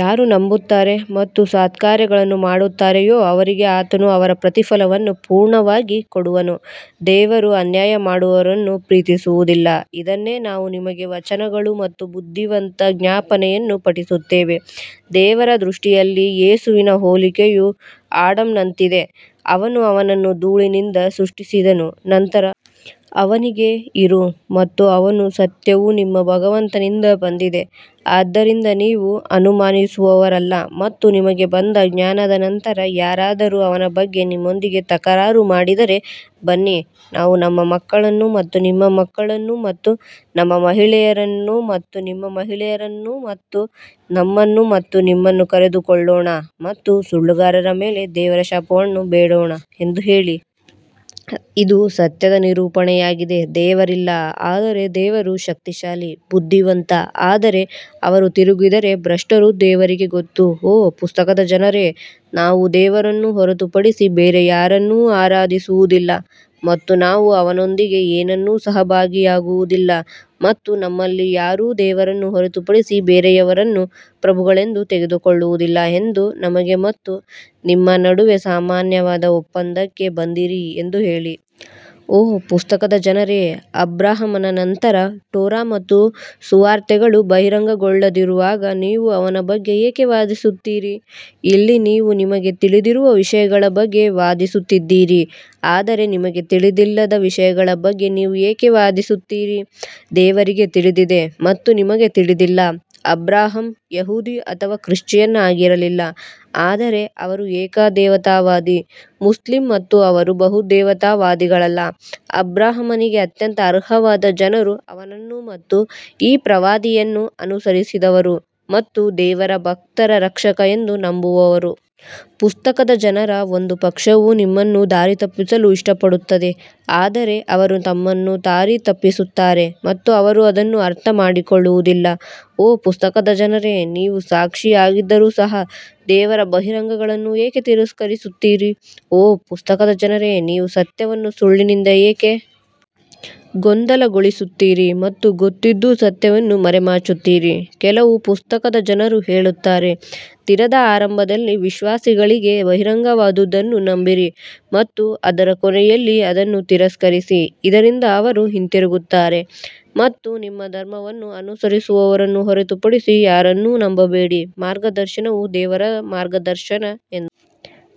ಯಾರು ನಂಬುತ್ತಾರೆ ಮತ್ತು ಸತ್ಕಾರ್ಯಗಳನ್ನು ಮಾಡುತ್ತಾರೆಯೋ ಅವರಿಗೆ ಆತನು ಅವರ ಪ್ರತಿಫಲವನ್ನು ಪೂರ್ಣವಾಗಿ ಕೊಡುವನು ದೇವರು ಅನ್ಯಾಯ ಮಾಡುವವರನ್ನು ಪ್ರೀತಿಸುವುದಿಲ್ಲ ಇದನ್ನೇ ನಾವು ನಿಮಗೆ ವಚನಗಳು ಮತ್ತು ಬುದ್ಧಿವಂತ ಜ್ಞಾಪನೆಯನ್ನು ಪಠಿಸುತ್ತೇವೆ ದೇವರ ದೃಷ್ಟಿಯಲ್ಲಿ ಯೇಸುವಿನ ಹೋಲಿಕೆಯು ಆಡಮ್ನಂತಿದೆ, ಅವನು ಅವನನ್ನು ಧೂಳಿನಿಂದ ಸೃಷ್ಟಿಸಿದನು ನಂತರ ಅವನಿಗೆ ಇರು ಮತ್ತು ಅವನು ಸತ್ಯವು ನಿಮ್ಮ ಭಗವಂತನಿಂದ ಬಂದಿದೆ ಆದ್ದರಿಂದ ನೀವು ಅನುಮಾನಿಸುವವರಲ್ಲ ಮತ್ತು ನಿಮಗೆ ಬಂದ ಜ್ಞಾನದ ನಂತರ ಯಾರಾದರೂ ಅವನ ಬಗ್ಗೆ ನಿಮ್ಮೊಂದಿಗೆ ತಕರಾರು ಮಾಡಿದರೆ, ಬನ್ನಿ ನಾವು ನಮ್ಮ ಮಕ್ಕಳನ್ನು ಮತ್ತು ನಿಮ್ಮ ಮಕ್ಕಳನ್ನು ಮತ್ತು ನಮ್ಮ ಮಹಿಳೆಯರನ್ನು ಮತ್ತು ನಿಮ್ಮ ಮಹಿಳೆಯರನ್ನು ಮತ್ತು ನಮ್ಮನ್ನು ಮತ್ತು ನಿಮ್ಮನ್ನು ಕರೆದುಕೊಳ್ಳೋಣ ಮತ್ತು ಸುಳ್ಳುಗಾರರ ಮೇಲೆ ದೇವರ ಶಾಪವನ್ನು ಬೇಡೋಣ ಎಂದು ಹೇಳಿ. ಇದು ಸತ್ಯದ ನಿರೂಪಣೆಯಾಗಿದೆ ದೇವರಿಲ್ಲ ಆದರೆ ದೇವರು ಶಕ್ತಿಶಾಲಿ ಬುದ್ಧಿವಂತ ಆದರೆ ಅವರು ತಿರುಗಿದರೆ ಭ್ರಷ್ಟರು ದೇವರಿಗೆ ಗೊತ್ತು ಓ ಪುಸ್ತಕದ ಜನರೇ, ನಾವು ದೇವರನ್ನು ಹೊರತುಪಡಿಸಿ ಬೇರೆ ಯಾರನ್ನೂ ಆರಾಧಿಸುವುದಿಲ್ಲ ಮತ್ತು ನಾವು ಅವನೊಂದಿಗೆ ಏನನ್ನೂ ಸಹಭಾಗಿಯಾಗುವುದಿಲ್ಲ ಮತ್ತು ನಮ್ಮಲ್ಲಿ ಯಾರೂ ದೇವರನ್ನು ಹೊರತುಪಡಿಸಿ ಬೇರೆಯವರನ್ನು ಪ್ರಭುಗಳೆಂದು ತೆಗೆದುಕೊಳ್ಳುವುದಿಲ್ಲ ಎಂದು ನಮಗೆ ಮತ್ತು ನಿಮ್ಮ ನಡುವೆ ಸಾಮಾನ್ಯವಾದ ಒಪ್ಪಂದಕ್ಕೆ ಬಂದಿರಿ ಎಂದು ಹೇಳಿ. ಓ ಪುಸ್ತಕದ ಜನರೇ, ಅಬ್ರಹಾಮನ ನಂತರ ಟೋರಾ ಮತ್ತು ಸುವಾರ್ತೆಗಳು ಬಹಿರಂಗಗೊಳ್ಳದಿರುವಾಗ ನೀವು ಅವನ ಬಗ್ಗೆ ಏಕೆ ವಾದಿಸುತ್ತೀರಿ? ಇಲ್ಲಿ ನೀವು ನಿಮಗೆ ತಿಳಿದಿರುವ ವಿಷಯಗಳ ಬಗ್ಗೆ ವಾದಿಸುತ್ತಿದ್ದೀರಿ ಆದರೆ ನಿಮಗೆ ತಿಳಿದಿಲ್ಲದ ವಿಷಯಗಳ ಬಗ್ಗೆ ನೀವು ಏಕೆ ವಾದಿಸುತ್ತೀರಿ ದೇವರಿಗೆ ತಿಳಿದಿದೆ ಮತ್ತು ನಿಮಗೆ ತಿಳಿದಿಲ್ಲ ಅಬ್ರಹಾಂ ಯಹೂದಿ ಅಥವಾ ಕ್ರಿಶ್ಚಿಯನ್ ಆಗಿರಲಿಲ್ಲ ಆದರೆ ಅವರು ಏಕದೇವತಾವಾದಿ ಮುಸ್ಲಿಂ ಮತ್ತು ಅವರು ಬಹುದೇವತಾವಾದಿಗಳಲ್ಲ ಅಬ್ರಹಾಮನಿಗೆ ಅತ್ಯಂತ ಅರ್ಹವಾದ ಜನರು ಅವನನ್ನು ಮತ್ತು ಈ ಪ್ರವಾದಿಯನ್ನು ಅನುಸರಿಸಿದವರು ಮತ್ತು ದೇವರು ಭಕ್ತರ ರಕ್ಷಕ ಎಂದು ನಂಬುವವರು. ಪುಸ್ತಕದ ಜನರ ಒಂದು ಪಕ್ಷವು ನಿಮ್ಮನ್ನು ದಾರಿತಪ್ಪಿಸಲು ಇಷ್ಟಪಡುತ್ತದೆ ಆದರೆ ಅವರು ತಮ್ಮನ್ನು ದಾರಿ ತಪ್ಪಿಸುತ್ತಾರೆ ಮತ್ತು ಅವರು ಅದನ್ನು ಅರ್ಥಮಾಡಿಕೊಳ್ಳುವುದಿಲ್ಲ ಓ ಪುಸ್ತಕದ ಜನರೇ, ನೀವು ಸಾಕ್ಷಿಯಾಗಿದ್ದರೂ ಸಹ ದೇವರ ಬಹಿರಂಗಗಳನ್ನು ಏಕೆ ತಿರಸ್ಕರಿಸುತ್ತೀರಿ ಓ ಪುಸ್ತಕದ ಜನರೇ, ನೀವು ಸತ್ಯವನ್ನು ಸುಳ್ಳಿನಿಂದ ಏಕೆ ಗೊಂದಲಗೊಳಿಸುತ್ತೀರಿ ಮತ್ತು ಗೊತ್ತಿದ್ದೂ ಸತ್ಯವನ್ನು ಮರೆಮಾಚುತ್ತೀರಿ ಕೆಲವು ಪುಸ್ತಕದ ಜನರು ಹೇಳುತ್ತಾರೆ, ದಿನದ ಆರಂಭದಲ್ಲಿ ವಿಶ್ವಾಸಿಗಳಿಗೆ ಬಹಿರಂಗವಾದದ್ದನ್ನು ನಂಬಿರಿ ಮತ್ತು ಅದರ ಕೊನೆಯಲ್ಲಿ ಅದನ್ನು ತಿರಸ್ಕರಿಸಿ ಇದರಿಂದ ಅವರು ಹಿಂತಿರುಗುತ್ತಾರೆ ಮತ್ತು ನಿಮ್ಮ ಧರ್ಮವನ್ನು ಅನುಸರಿಸುವವರನ್ನು ಹೊರತುಪಡಿಸಿ ಯಾರನ್ನೂ ನಂಬಬೇಡಿ, ಮಾರ್ಗದರ್ಶನವು ದೇವರ ಮಾರ್ಗದರ್ಶನ ಎಂದು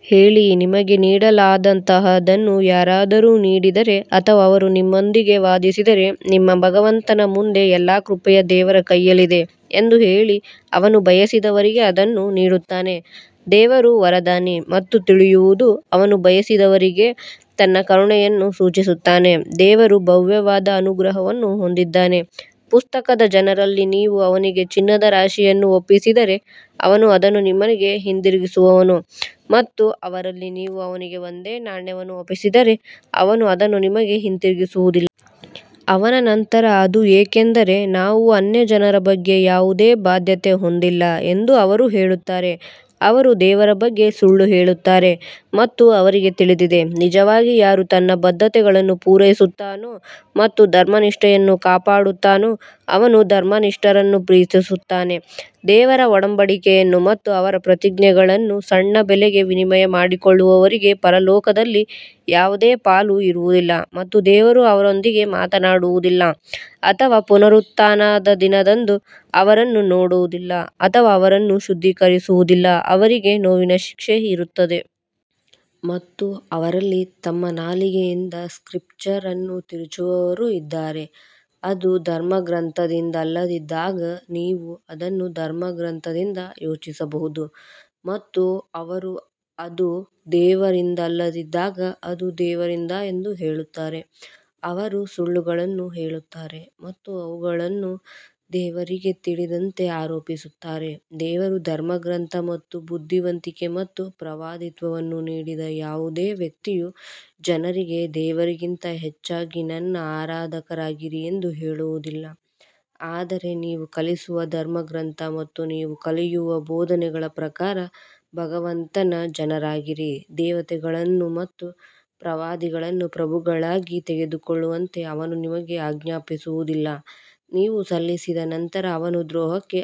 ಹೇಳಿ, ನಿಮಗೆ ನೀಡಲಾದಂತಹದನ್ನು ಯಾರಾದರೂ ನೀಡಿದರೆ ಅಥವಾ ಅವರು ನಿಮ್ಮೊಂದಿಗೆ ವಾದಿಸಿದರೆ ನಿಮ್ಮ ಭಗವಂತನ ಮುಂದೆ ಎಲ್ಲಾ ಕೃಪೆಯು ದೇವರ ಕೈಯಲ್ಲಿದೆ ಎಂದು ಹೇಳಿ ಅವನು ಬಯಸಿದವರಿಗೆ ಅದನ್ನು ನೀಡುತ್ತಾನೆ ದೇವರು ವರದಾನಿ ಮತ್ತು ತಿಳಿಯುವುದು ಅವನು ಬಯಸಿದವರಿಗೆ ತನ್ನ ಕರುಣೆಯನ್ನು ಸೂಚಿಸುತ್ತಾನೆ ದೇವರು ಭವ್ಯವಾದ ಅನುಗ್ರಹವನ್ನು ಹೊಂದಿದ್ದಾನೆ ಪುಸ್ತಕದ ಜನರಲ್ಲಿ ನೀವು ಅವನಿಗೆ ಚಿನ್ನದ ರಾಶಿಯನ್ನು ಒಪ್ಪಿಸಿದರೆ ಅವನು ಅದನ್ನು ನಿಮಗೆ ಹಿಂದಿರುಗಿಸುವನು ಮತ್ತು ಅವರಲ್ಲಿ ನೀವು ಅವನಿಗೆ ಒಂದೇ ನಾಣ್ಯವನ್ನು ಒಪ್ಪಿಸಿದರೆ ಅವನು ಅದನ್ನು ನಿಮಗೆ ಹಿಂತಿರುಗಿಸುವುದಿಲ್ಲ. ಅವನ ನಂತರ ಅದು ಏಕೆಂದರೆ ನಾವು ಅನ್ಯಜನರ ಬಗ್ಗೆ ಯಾವುದೇ ಬಾಧ್ಯತೆ ಹೊಂದಿಲ್ಲ ಎಂದು ಅವರು ಹೇಳುತ್ತಾರೆ ಅವರು ದೇವರ ಬಗ್ಗೆ ಸುಳ್ಳು ಹೇಳುತ್ತಾರೆ ಮತ್ತು ಅವರಿಗೆ ತಿಳಿದಿದೆ ನಿಜವಾಗಿ ಯಾರು ತನ್ನ ಬದ್ಧತೆಗಳನ್ನು ಪೂರೈಸುತ್ತಾನೋ ಮತ್ತು ಧರ್ಮನಿಷ್ಠೆಯನ್ನು ಕಾಪಾಡುತ್ತಾನೋ ಅವನು ಧರ್ಮನಿಷ್ಠರನ್ನು ಪ್ರೀತಿಸುತ್ತಾನೆ ದೇವರ ಒಡಂಬಡಿಕೆಯನ್ನು ಮತ್ತು ಅವರ ಪ್ರತಿಜ್ಞೆಗಳನ್ನು ಸಣ್ಣ ಬೆಲೆಗೆ ವಿನಿಮಯ ಮಾಡಿಕೊಳ್ಳುವವರಿಗೆ ಪರಲೋಕದಲ್ಲಿ ಯಾವುದೇ ಪಾಲು ಇರುವುದಿಲ್ಲ ಮತ್ತು ದೇವರು ಅವರೊಂದಿಗೆ ಮಾತನಾಡುವುದಿಲ್ಲ ಅಥವಾ ಪುನರುತ್ಥಾನದ ದಿನದಂದು ಅವರನ್ನು ನೋಡುವುದಿಲ್ಲ ಅಥವಾ ಅವರನ್ನು ಶುದ್ಧೀಕರಿಸುವುದಿಲ್ಲ, ಅವರಿಗೆ ನೋವಿನ ಶಿಕ್ಷೆ ಇರುತ್ತದೆ. ಮತ್ತು ಅವರಲ್ಲಿ ತಮ್ಮ ನಾಲಿಗೆಯಿಂದ ಸ್ಕ್ರಿಪ್ಚರ್ ಅನ್ನು ತಿರುಚುವವರೂ ಇದ್ದಾರೆ, ಅದು ಧರ್ಮಗ್ರಂಥದಿಂದಲ್ಲದಿದ್ದಾಗ ನೀವು ಅದನ್ನು ಧರ್ಮಗ್ರಂಥದಿಂದ ಯೋಚಿಸಬಹುದು ಮತ್ತು ಅವರು ಅದು ದೇವರಿಂದಲ್ಲದಿದ್ದಾಗ ಅದು ದೇವರಿಂದ ಎಂದು ಹೇಳುತ್ತಾರೆ ಅವರು ಸುಳ್ಳುಗಳನ್ನು ಹೇಳುತ್ತಾರೆ ಮತ್ತು ಅವುಗಳನ್ನು ದೇವರಿಗೆ ತಿಳಿದಂತೆ ಆರೋಪಿಸುತ್ತಾರೆ. ದೇವರು ಧರ್ಮಗ್ರಂಥ ಮತ್ತು ಬುದ್ಧಿವಂತಿಕೆ ಮತ್ತು ಪ್ರವಾದಿತ್ವವನ್ನು ನೀಡಿದ ಯಾವುದೇ ವ್ಯಕ್ತಿಯು ಜನರಿಗೆ ದೇವರಿಗಿಂತ ಹೆಚ್ಚಾಗಿ ನನ್ನ ಆರಾಧಕರಾಗಿರಿ ಎಂದು ಹೇಳುವುದಿಲ್ಲ ಆದರೆ ನೀವು ಕಲಿಸುವ ಧರ್ಮಗ್ರಂಥ ಮತ್ತು ನೀವು ಕಲಿಯುವ ಬೋಧನೆಗಳ ಪ್ರಕಾರ ಭಗವಂತನ ಜನರಾಗಿರಿ ದೇವತೆಗಳನ್ನು ಮತ್ತು ಪ್ರವಾದಿಗಳನ್ನು ಪ್ರಭುಗಳಾಗಿ ತೆಗೆದುಕೊಳ್ಳುವಂತೆ ಅವನು ನಿಮಗೆ ಆಜ್ಞಾಪಿಸುವುದಿಲ್ಲ, ನೀವು ಸಲ್ಲಿಸಿದ ನಂತರ ಅವನು ದ್ರೋಹಕ್ಕೆ ಆಜ್ಞಾಪಿಸುತ್ತಾನೆ.